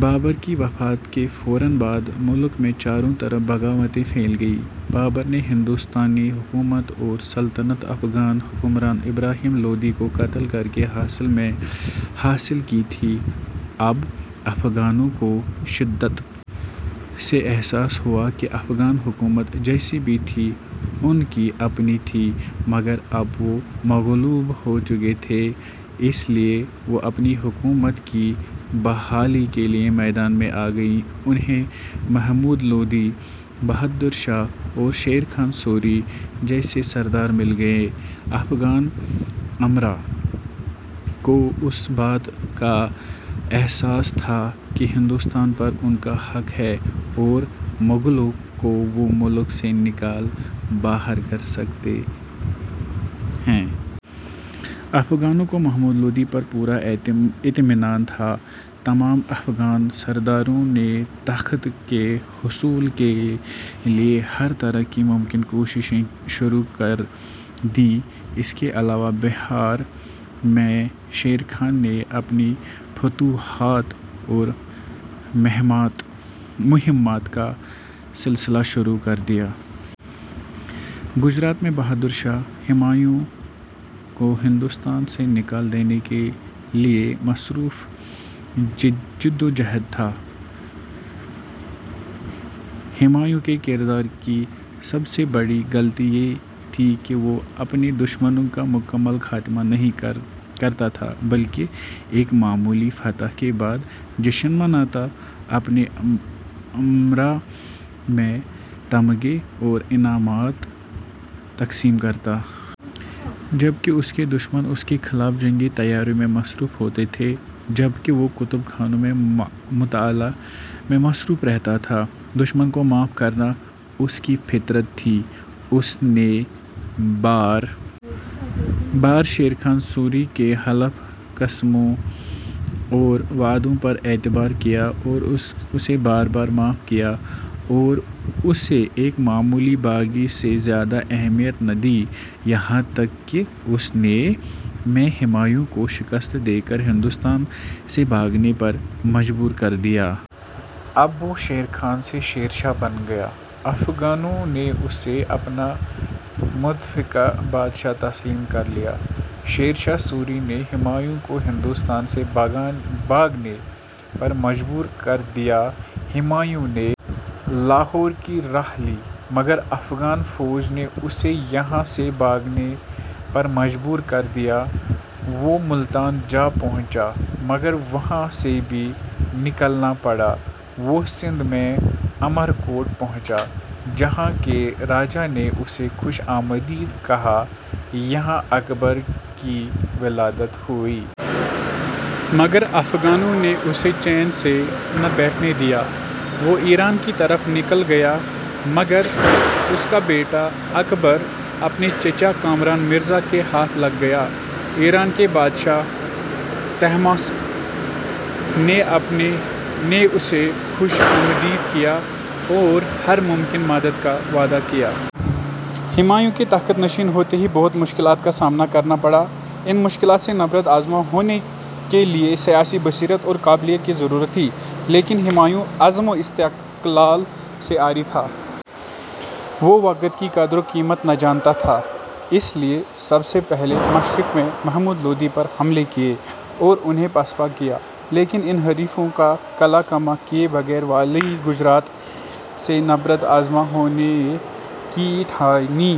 بابر کی وفات کے فوراً بعد ملک میں چاروں طرف بغاوتیں پھیل گئیں۔ بابر نے ہندوستانی حکومت اور سلطنت افغان حکمران ابراہیم لودھی کو قتل کرکے حاصل کی تھی اب افغانوں کو شدت سے احساس ہواکہ افغان حکومت جیسی بھی تھی ان کی اپنی تھی مگر اب وہ مغلوب ہو چکے تھے اس لیے وہ اپنی حکومت کی بحالی کے لیے میدان میں آ گئے انھیں محمود لودھی، بہادر شاہ اور شیر خان سوری جیسے سردار مل گئے افغان امرا کو اس بات کا احساس تھا کہ ہندوستان پر ان کا حق ہے اور مغلوں کو وہ ملک سے نکال باہر کرسکتے ہیں۔ افغانوں کو محمود لودھی پر پورا اطمینان تھا۔ تمام افغان سرداروں نے تخت کے حصول کے لیے ہرطرح کی ممکن کوششیں شروع کر دیں۔ اس کے علاوہ بہار میں شیر خان نے اپنی فتوحات و مہمات کا سلسلہ شروع کر دیا۔ گجرات میں بہادر شاہ ہمایوں کو ہندوستان سے نکال دینے کے لیے مصروفِ جِدوجُہد تھا۔ ہمایوں کے کردار کی سب سے بڑی غلطی یہ تھی کہ وہ اپنے دشمنوں کا مکمل خاتمہ نہیں کرتاتھا بلکہ ایک معمولی فتح کے بعد جشن مناتا اپنے امرا میں تمغے اور انعامات تقسیم کرتا۔ جبکہ اس کے دشمن اس کے خلاف جنگی تیاریوں میں مصروف ہوتے تھے جبکہ وہ کتب خانوں میں مطالعہ میں مصروف رہتاتھا دشمن کو معاف کرنا اس کی فطرت تھی اس نے بار بار شیرخان سوری کے حلف، قسموں اور وعدوں پر اعتبار کیا اور اسے بار بار معاف کیا اور اسے ایک معمولی باغی سے زیادہ اہمیت نہ دی یہاں تک کہ اس نے ء میں ہمایوں کو شکست دے کر ہندوستان سے بھاگنے پر مجبور کر دیا۔ اب وہ شیر خان سے شیر شاہ بن گیا افغانوں نے اسے اپنا متفقہ بادشاہ تسلیم کر لیا۔ شیر شاہ سوری نے ہمایوں کو ہندوستان سے بھاگنے پر مجبور کر دیا ہمایوں نے لاہور کی راہ لی مگر افغان فوج نے اسے یہاں سے بھاگنے پر مجبور کر دیا وہ ملتان جا پہنچا مگر وہاں سے بھی نکلنا پڑاوہ سندھ میں عمر کوٹ پہنچا جہاں کے راجا نے اسے خوش آمدید کہا یہاں اکبر کی ولادت ہوئی۔ مگر افغانوں نے اسے چین سے نہ بیٹھنے دیا وہ ایران کی طرف نکل گیا مگر اس کا بیٹا اکبر اپنے چچا کامران مرزا کے ہاتھ لگ گیا ایران کے بادشاہ طہماسپ نے اسے خوش آمدید کہا اور ہر ممکن مدد کا وعدہ کیا۔ ہمایوں کے تخت نشین ہوتے ہی بہت مشکلات کا سامنا کرنا پڑا۔ ان مشکلات سے نبرد آزما ہونے کے لیے سیاسی بصیرت اور قابلیت کی ضرورت تھی لیکن ہمایوں عزم و استقلال سے عاری تھا۔ وہ وقت کی قدر و قیمت نہ جانتا تھا۔ اس نے سب سے پہلے مشرق میں محمود لودھی پر حملے کیے اور انھیں پسپا کیا لیکن ان حریفوں کا قلع قمع کیے بغیر والئ گجرات سے نبرد آزما ہونے کی ٹھانی۔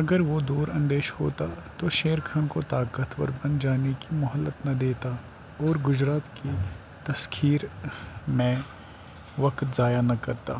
اگر وہ دور اندیش ہوتا تو شیر خان کو طاقتور بن جانے کی مہلت نہ دیتا اور گجرات کی تسخیر میں وقت ضائع نہ کرتا۔